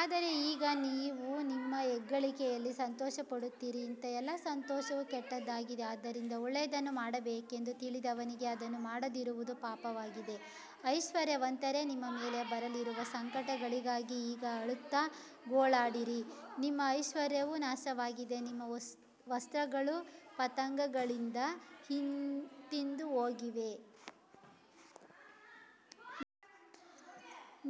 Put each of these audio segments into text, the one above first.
ಆದರೆ ಈಗ ನೀವು ನಿಮ್ಮ ಹೆಗ್ಗಳಿಕೆಯಲ್ಲಿ ಸಂತೋಷಪಡುತ್ತೀರಿ ಇಂಥ ಎಲ್ಲಾ ಸಂತೋಷವು ಕೆಟ್ಟದ್ದಾಗಿದೆ ಆದ್ದರಿಂದ ಒಳ್ಳೆಯದನ್ನು ಮಾಡಬೇಕೆಂದು ತಿಳಿದವನಿಗೆ ಅದನ್ನು ಮಾಡದಿರುವುದು ಪಾಪವಾಗಿದೆ ಐಶ್ವರ್ಯವಂತರೇ ನಿಮ್ಮ ಮೇಲೆ ಬರಲಿರುವ ಸಂಕಟಗಳಿಗಾಗಿ ಈಗ ಅಳುತ್ತಾ ಗೋಳಾಡಿರಿ ನಿಮ್ಮ ಐಶ್ವರ್ಯವು ನಾಶವಾಗಿದೆ ನಿಮ್ಮ ವಸ್ತ್ರಗಳು ಪತಂಗಗಳಿಂದ ತಿಂದುಹೋಗಿವೆ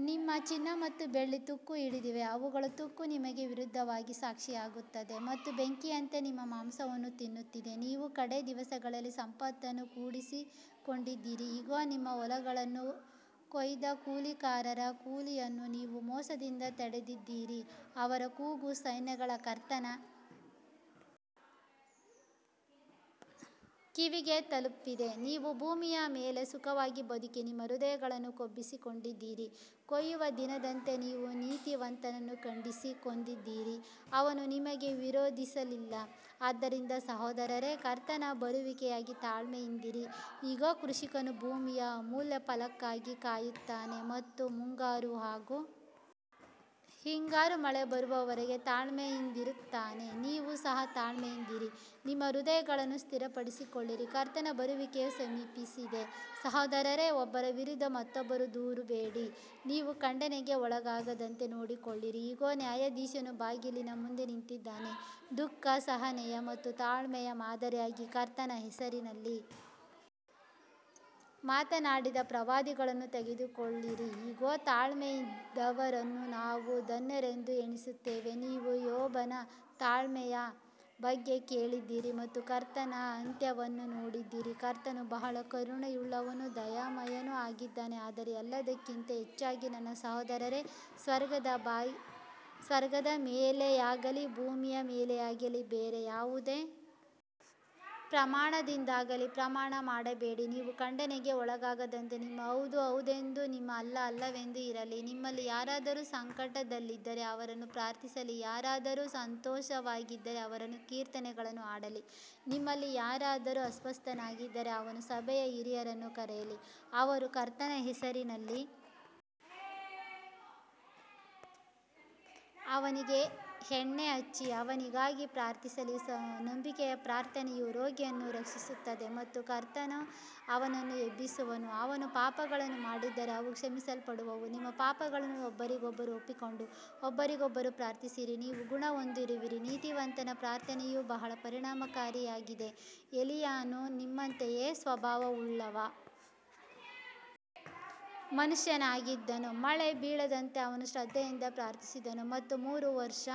ನಿಮ್ಮ ಚಿನ್ನ ಮತ್ತು ಬೆಳ್ಳಿ ತುಕ್ಕು ಹಿಡಿದಿವೆ ಅವುಗಳ ತುಕ್ಕು ನಿಮಗೆ ವಿರುದ್ಧವಾಗಿ ಸಾಕ್ಷಿಯಾಗುತ್ತದೆ ಮತ್ತು ಬೆಂಕಿಯಂತೆ ನಿಮ್ಮ ಮಾಂಸವನ್ನು ತಿನ್ನುತ್ತದೆ ನೀವು ಕಡೇ ದಿವಸಗಳಲ್ಲಿ ಸಂಪತ್ತನ್ನು ಕೂಡಿಸಿಕೊಂಡಿದ್ದೀರಿ ಇಗೋ ನಿಮ್ಮ ಹೊಲಗಳನ್ನು ಕೊಯ್ದ ಕೂಲಿಕಾರರ ಕೂಲಿಯನ್ನು ನೀವು ಮೋಸದಿಂದ ತಡೆದಿದ್ದೀರಿ ಅವರ ಕೂಗು ಸೈನ್ಯಗಳ ಕರ್ತನ ಕಿವಿಗೆ ತಲುಪಿದೆ ನೀವು ಭೂಮಿಯ ಮೇಲೆ ಸುಖವಾಗಿ ಬದುಕಿ ನಿಮ್ಮ ಹೃದಯಗಳನ್ನು ಕೊಬ್ಬಿಸಿಕೊಂಡಿದ್ದೀರಿ ಕೊಯ್ಯುವ ದಿನದಂತೆ ನೀವು ನೀತಿವಂತನನ್ನು ಖಂಡಿಸಿ ಕೊಂದಿದ್ದೀರಿ ಅವನು ನಿಮಗೆ ವಿರೋಧಿಸಲಿಲ್ಲ ಆದ್ದರಿಂದ ಸಹೋದರರೇ ಕರ್ತನ ಬರುವಿಕೆಯವರೆಗೆ ತಾಳ್ಮೆಯಿಂದಿರಿ ಇಗೋ ಕೃಷಿಕನು ಭೂಮಿಯ ಅಮೂಲ್ಯ ಫಲಕ್ಕಾಗಿ ಕಾಯುತ್ತಾನೆ ಮತ್ತು ಮುಂಗಾರು ಹಾಗೂ ಹಿಂಗಾರು ಮಳೆ ಬರುವವರೆಗೆ ತಾಳ್ಮೆಯಿಂದಿರುತ್ತಾನೆ ನೀವು ಸಹ ತಾಳ್ಮೆಯಿಂದಿರಿ ನಿಮ್ಮ ಹೃದಯಗಳನ್ನು ಸ್ಥಿರಪಡಿಸಿಕೊಳ್ಳಿರಿ ಕರ್ತನ ಬರುವಿಕೆಯು ಸಮೀಪಿಸಿದೆ ಸಹೋದರರೇ ಒಬ್ಬರ ವಿರುದ್ಧ ಮತ್ತೊಬ್ಬರು ದೂರುಬೇಡಿ ನೀವು ಖಂಡನೆಗೆ ಒಳಗಾಗದಂತೆ ನೋಡಿಕೊಳ್ಳಿರಿ ಇಗೋ ನ್ಯಾಯಾಧೀಶನು ಬಾಗಿಲಿನ ಮುಂದೆ ನಿಂತಿದ್ದಾನೆ ದುಃಖಸಹನೆಯ ಮತ್ತು ತಾಳ್ಮೆಯ ಮಾದರಿಯಾಗಿ ಕರ್ತನ ಹೆಸರಿನಲ್ಲಿ ಮಾತನಾಡಿದ ಪ್ರವಾದಿಗಳನ್ನು ತೆಗೆದುಕೊಳ್ಳಿರಿ ಇಗೋ ತಾಳ್ಮೆಯಿಂದಿದ್ದವರನ್ನು ನಾವು ಧನ್ಯರೆಂದು ಎಣಿಸುತ್ತೇವೆ ನೀವು ಯೋಬನ ತಾಳ್ಮೆಯ ಬಗ್ಗೆ ಕೇಳಿದ್ದೀರಿ ಮತ್ತು ಕರ್ತನ ಅಂತ್ಯವನ್ನು ನೋಡಿದ್ದೀರಿ ಕರ್ತನು ಬಹಳ ಕರುಣೆಯುಳ್ಳವನೂ ದಯಾಮಯನೂ ಆಗಿದ್ದಾನೆ ಆದರೆ ಎಲ್ಲಕ್ಕಿಂತ ಹೆಚ್ಚಾಗಿ ನನ್ನ ಸಹೋದರರೇ ಸ್ವರ್ಗದ ಮೇಲೆಯಾಗಲಿ ಭೂಮಿಯ ಮೇಲೆಯಾಗಲಿ ಬೇರೆ ಯಾವುದೇ ಪ್ರಮಾಣದಿಂದಾಗಲಿ ಪ್ರಮಾಣ ಮಾಡಬೇಡಿ ನೀವು ಖಂಡನೆಗೆ ಒಳಗಾಗದಂತೆ ನಿಮ್ಮ ಹೌದು ಹೌದೆಂದೂ ನಿಮ್ಮ ಅಲ್ಲ ಅಲ್ಲವೆಂದೂ ಇರಲಿ ನಿಮ್ಮಲ್ಲಿ ಯಾರಾದರೂ ಸಂಕಟದಲ್ಲಿದ್ದರೆ ಅವನು ಪ್ರಾರ್ಥಿಸಲಿ ಯಾರಾದರೂ ಸಂತೋಷವಾಗಿದ್ದರೆ ಅವನು ಕೀರ್ತನೆಗಳನ್ನು ಹಾಡಲಿ ನಿಮ್ಮಲ್ಲಿ ಯಾರಾದರೂ ಅಸ್ವಸ್ಥನಾಗಿದ್ದರೆ ಅವನು ಸಭೆಯ ಹಿರಿಯರನ್ನು ಕರೆಯಲಿ ಅವರು ಕರ್ತನ ಹೆಸರಿನಲ್ಲಿ ಅವನಿಗೆ ಎಣ್ಣೆ ಹಚ್ಚಿ ಅವನಿಗಾಗಿ ಪ್ರಾರ್ಥಿಸಲಿ ನಂಬಿಕೆಯ ಪ್ರಾರ್ಥನೆಯು ರೋಗಿಯನ್ನು ರಕ್ಷಿಸುತ್ತದೆ ಮತ್ತು ಕರ್ತನು ಅವನನ್ನು ಎಬ್ಬಿಸುವನು ಅವನು ಪಾಪಗಳನ್ನು ಮಾಡಿದ್ದರೆ ಅವು ಕ್ಷಮಿಸಲ್ಪಡುವವು ನಿಮ್ಮ ಪಾಪಗಳನ್ನು ಒಬ್ಬರಿಗೊಬ್ಬರು ಒಪ್ಪಿಕೊಂಡು ಒಬ್ಬರಿಗೊಬ್ಬರು ಪ್ರಾರ್ಥಿಸಿರಿ ನೀವು ಗುಣಹೊಂದುವಿರಿ ನೀತಿವಂತನ ಪ್ರಾರ್ಥನೆಯು ಬಹಳ ಪರಿಣಾಮಕಾರಿಯಾಗಿದೆ ಎಲೀಯನು ನಮ್ಮಂತೆಯೇ ಸ್ವಭಾವವುಳ್ಳ ಮನುಷ್ಯನಾಗಿದ್ದನು ಮಳೆ ಬೀಳದಂತೆ ಅವನು ಶ್ರದ್ಧೆಯಿಂದ ಪ್ರಾರ್ಥಿಸಿದನು ಮತ್ತು ಮೂರು ವರ್ಷ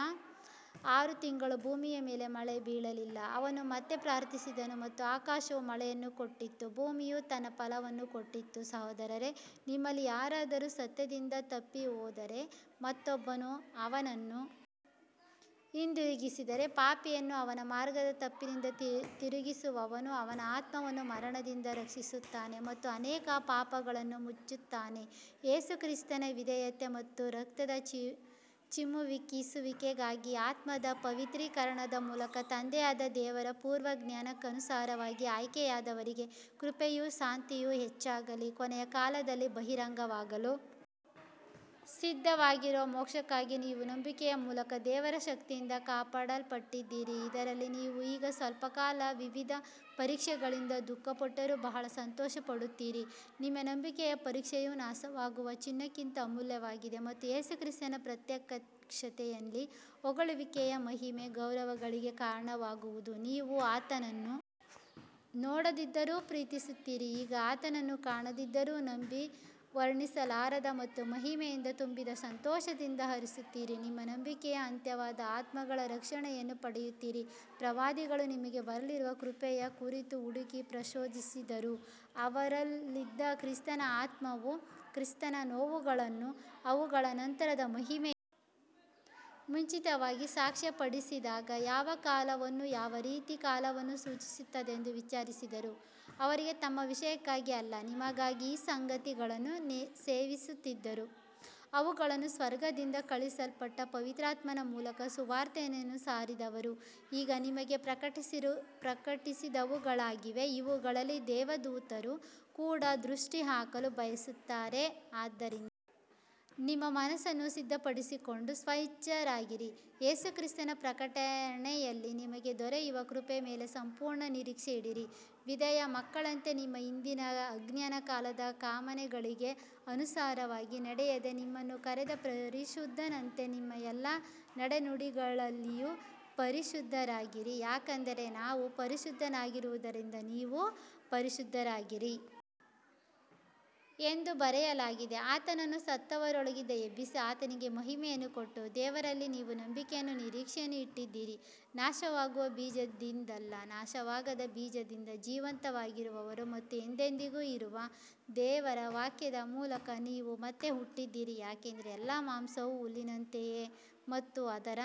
ಆರು ತಿಂಗಳು ಭೂಮಿಯ ಮೇಲೆ ಮಳೆ ಬೀಳಲಿಲ್ಲ ಅವನು ಮತ್ತೆ ಪ್ರಾರ್ಥಿಸಿದನು ಮತ್ತು ಆಕಾಶವು ಮಳೆಯನ್ನು ಕೊಟ್ಟಿತು ಭೂಮಿಯು ತನ್ನ ಫಲವನ್ನು ಕೊಟ್ಟಿತು ಸಹೋದರರೇ ನಿಮ್ಮಲ್ಲಿ ಯಾರಾದರೂ ಸತ್ಯದಿಂದ ತಪ್ಪಿಹೋದರೆ ಮತ್ತೊಬ್ಬನು ಅವನನ್ನು ಹಿಂದಿರುಗಿಸಿದರೆ ಪಾಪಿಯನ್ನು ಅವನ ಮಾರ್ಗದ ತಪ್ಪಿನಿಂದ ತಿರುಗಿಸುವವನು ಅವನ ಆತ್ಮವನ್ನು ಮರಣದಿಂದ ರಕ್ಷಿಸುತ್ತಾನೆ ಮತ್ತು ಅನೇಕ ಪಾಪಗಳನ್ನು ಮುಚ್ಚುತ್ತಾನೆ ಯೇಸು ಕ್ರಿಸ್ತನ ವಿಧೇಯತೆ ಮತ್ತು ರಕ್ತದ ಚಿಮುಕಿಸುವಿಕೆಗಾಗಿ ಆತ್ಮದ ಪವಿತ್ರೀಕರಣದ ಮೂಲಕ ತಂದೆಯಾದ ದೇವರ ಪೂರ್ವಜ್ಞಾನಕ್ಕನುಸಾರವಾಗಿ ಆಯ್ಕೆಯಾದವರಿಗೆ ಕೃಪೆಯೂ ಶಾಂತಿಯೂ ಹೆಚ್ಚಾಗಲಿ ಕೊನೆಯ ಕಾಲದಲ್ಲಿ ಬಹಿರಂಗವಾಗಲು ಸಿದ್ಧವಾಗಿರುವ ಮೋಕ್ಷಕ್ಕಾಗಿ ನೀವು ನಂಬಿಕೆಯ ಮೂಲಕ ದೇವರ ಶಕ್ತಿಯಿಂದ ಕಾಪಾಡಲ್ಪಟ್ಟಿದ್ದೀರಿ ಇದರಲ್ಲಿ ನೀವು ಈಗ ಸ್ವಲ್ಪಕಾಲ ವಿವಿಧ ಪರೀಕ್ಷೆಗಳಿಂದ ದುಃಖಪಟ್ಟರೂ ಬಹಳ ಸಂತೋಷಪಡುತ್ತೀರಿ ನಿಮ್ಮ ನಂಬಿಕೆಯ ಪರೀಕ್ಷೆಯು ನಾಶವಾಗುವ ಚಿನ್ನಕ್ಕಿಂತ ಅಮೂಲ್ಯವಾಗಿದೆ ಮತ್ತು ಯೇಸು ಕ್ರಿಸ್ತನ ಪ್ರತ್ಯಕ್ಷತೆಯಲ್ಲಿ ಹೊಗಳಿಕೆ ಮಹಿಮೆ ಗೌರವಗಳಿಗೆ ಕಾರಣವಾಗುವುದು ನೀವು ಆತನನ್ನು ನೋಡದಿದ್ದರೂ ಪ್ರೀತಿಸುತ್ತೀರಿ ಈಗ ಆತನನ್ನು ಕಾಣದಿದ್ದರೂ ನಂಬಿ ವರ್ಣಿಸಲಾರದ ಮತ್ತು ಮಹಿಮೆಯಿಂದ ತುಂಬಿದ ಸಂತೋಷದಿಂದ ಹರ್ಷಿಸುತ್ತೀರಿ ನಿಮ್ಮ ನಂಬಿಕೆಯ ಅಂತ್ಯವಾದ ಆತ್ಮಗಳ ರಕ್ಷಣೆಯನ್ನು ಪಡೆಯುತ್ತೀರಿ ಪ್ರವಾದಿಗಳು ನಿಮಗೆ ಬರಲಿರುವ ಕೃಪೆಯ ಕುರಿತು ಹುಡುಕಿ ಪರಿಶೋಧಿಸಿದರು ಅವರಲ್ಲಿದ್ದ ಕ್ರಿಸ್ತನ ಆತ್ಮವು ಕ್ರಿಸ್ತನ ನೋವುಗಳನ್ನೂ ಅವುಗಳ ನಂತರದ ಮಹಿಮೆಯನ್ನೂ ಮುಂಚಿತವಾಗಿ ಸಾಕ್ಷ್ಯಪಡಿಸಿದಾಗ ಯಾವ ಕಾಲವನ್ನೂ ಯಾವ ರೀತಿಯ ಕಾಲವನ್ನೂ ಸೂಚಿಸುತ್ತಿತ್ತೆಂದು ವಿಚಾರಿಸಿದರು ಅವರಿಗೆ ತಮ್ಮ ವಿಷಯಕ್ಕಾಗಿ ಅಲ್ಲ ನಿಮಗಾಗಿ ಈ ಸಂಗತಿಗಳನ್ನು ಸೇವಿಸುತ್ತಿದ್ದರು ಅವುಗಳನ್ನು ಸ್ವರ್ಗದಿಂದ ಕಳುಹಿಸಲ್ಪಟ್ಟ ಪವಿತ್ರಾತ್ಮನ ಮೂಲಕ ಸುವಾರ್ತೆಯನ್ನು ಸಾರಿದವರು ಈಗ ನಿಮಗೆ ಪ್ರಕಟಿಸಿದವುಗಳಾಗಿವೆ ಇವುಗಳಲ್ಲಿ ದೇವದೂತರು ಕೂಡ ದೃಷ್ಟಿಹಾಕಲು ಬಯಸುತ್ತಾರೆ ಆದ್ದರಿಂದ ನಿಮ್ಮ ಮನಸ್ಸನ್ನು ಸಿದ್ಧಪಡಿಸಿಕೊಂಡು ಸ್ವಸ್ಥಚಿತ್ತರಾಗಿರಿ ಯೇಸು ಕ್ರಿಸ್ತನ ಪ್ರಕಟಣೆಯಲ್ಲಿ ನಿಮಗೆ ದೊರೆಯುವ ಕೃಪೆಯ ಮೇಲೆ ಸಂಪೂರ್ಣ ನಿರೀಕ್ಷೆಯಿಡಿರಿ ವಿಧೇಯ ಮಕ್ಕಳಂತೆ ನಿಮ್ಮ ಹಿಂದಿನ ಅಜ್ಞಾನಕಾಲದ ಕಾಮನೆಗಳಿಗೆ ಅನುಸಾರವಾಗಿ ನಡೆಯದೆ ನಿಮ್ಮನ್ನು ಕರೆದ ಪರಿಶುದ್ಧನಂತೆ ನಿಮ್ಮ ಎಲ್ಲಾ ನಡೆನುಡಿಗಳಲ್ಲಿಯೂ ಪರಿಶುದ್ಧರಾಗಿರಿ ಯಾಕಂದರೆ ನಾನು ಪರಿಶುದ್ಧನಾಗಿರುವುದರಿಂದ ನೀವು ಪರಿಶುದ್ಧರಾಗಿರಿ ಎಂದು ಬರೆಯಲಾಗಿದೆ ಆತನನ್ನು ಸತ್ತವರೊಳಗಿಂದ ಎಬ್ಬಿಸಿ ಆತನಿಗೆ ಮಹಿಮೆಯನ್ನು ಕೊಟ್ಟ ದೇವರಲ್ಲಿ ನೀವು ನಂಬಿಕೆಯನ್ನೂ ನಿರೀಕ್ಷೆಯನ್ನೂ ಇಟ್ಟಿದ್ದೀರಿ ನಾಶವಾಗುವ ಬೀಜದಿಂದಲ್ಲ ನಾಶವಾಗದ ಬೀಜದಿಂದ ಜೀವಂತವಾಗಿರುವ ಮತ್ತು ಎಂದೆಂದಿಗೂ ಇರುವ ದೇವರ ವಾಕ್ಯದ ಮೂಲಕ ನೀವು ಮತ್ತೆ ಹುಟ್ಟಿದ್ದೀರಿ ಯಾಕಂದರೆ ಎಲ್ಲಾ ಮಾಂಸವೂ ಹುಲ್ಲಿನಂತಿದೆ ಮತ್ತು ಅದರ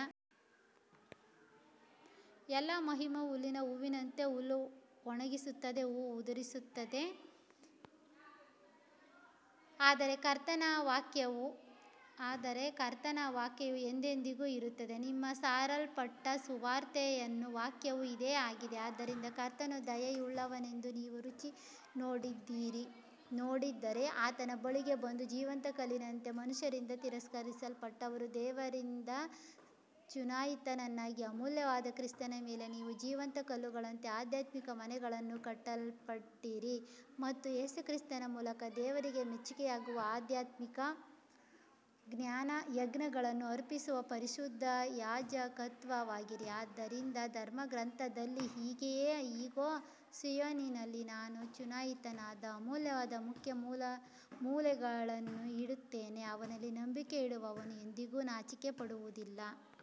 ಎಲ್ಲಾ ಮಹಿಮೆಯೂ ಹುಲ್ಲಿನ ಹೂವಿನಂತಿದೆ ಹುಲ್ಲು ಒಣಗುತ್ತದೆ ಹೂವು ಉದುರುತ್ತದೆ ಆದರೆ ಕರ್ತನ ವಾಕ್ಯವು ಎಂದೆಂದಿಗೂ ಇರುತ್ತದೆ ನಿಮಗೆ ಸಾರಲ್ಪಟ್ಟ ಸುವಾರ್ತೆಯ ವಾಕ್ಯವೂ ಇದೇ ಆಗಿದೆ ಆದ್ದರಿಂದ ಕರ್ತನು ದಯೆಯುಳ್ಳವನೆಂದು ನೀವು ರುಚಿ ನೋಡಿದ್ದರೆ ಆತನ ಬಳಿಗೆ ಬಂದು ಜೀವಂತ ಕಲ್ಲಿನಂತೆ ಮನುಷ್ಯರಿಂದ ತಿರಸ್ಕರಿಸಲ್ಪಟ್ಟರೂ ದೇವರಿಂದ ಚುನಾಯಿತನಾಗಿ ಅಮೂಲ್ಯನಾದ ಕ್ರಿಸ್ತನ ಮೇಲೆ ನೀವೂ ಜೀವಂತ ಕಲ್ಲುಗಳಂತೆ ಆಧ್ಯಾತ್ಮಿಕ ಮನೆಯನ್ನು ಕಟ್ಟಲ್ಪಡಿರಿ ಮತ್ತು ಯೇಸು ಕ್ರಿಸ್ತನ ಮೂಲಕ ದೇವರಿಗೆ ಮೆಚ್ಚುಗೆಯಾಗುವ ಆಧ್ಯಾತ್ಮಿಕ ಯಜ್ಞಗಳನ್ನು ಅರ್ಪಿಸುವ ಪರಿಶುದ್ಧ ಯಾಜಕತ್ವವಾಗಿರಿ ಆದ್ದರಿಂದ ಧರ್ಮಗ್ರಂಥದಲ್ಲಿ ಹೀಗಿದೆ ಇಗೋ ಸೀಯೋನಿನಲ್ಲಿ ನಾನು ಚುನಾಯಿತನಾದ ಅಮೂಲ್ಯವಾದ ಮುಖ್ಯ ಮೂಲೆಗಲ್ಲನ್ನು ಇಡುತ್ತೇನೆ ಅವನಲ್ಲಿ ನಂಬಿಕೆಯಿಡುವವನು ಎಂದಿಗೂ ನಾಚಿಕೆಪಡುವುದಿಲ್ಲ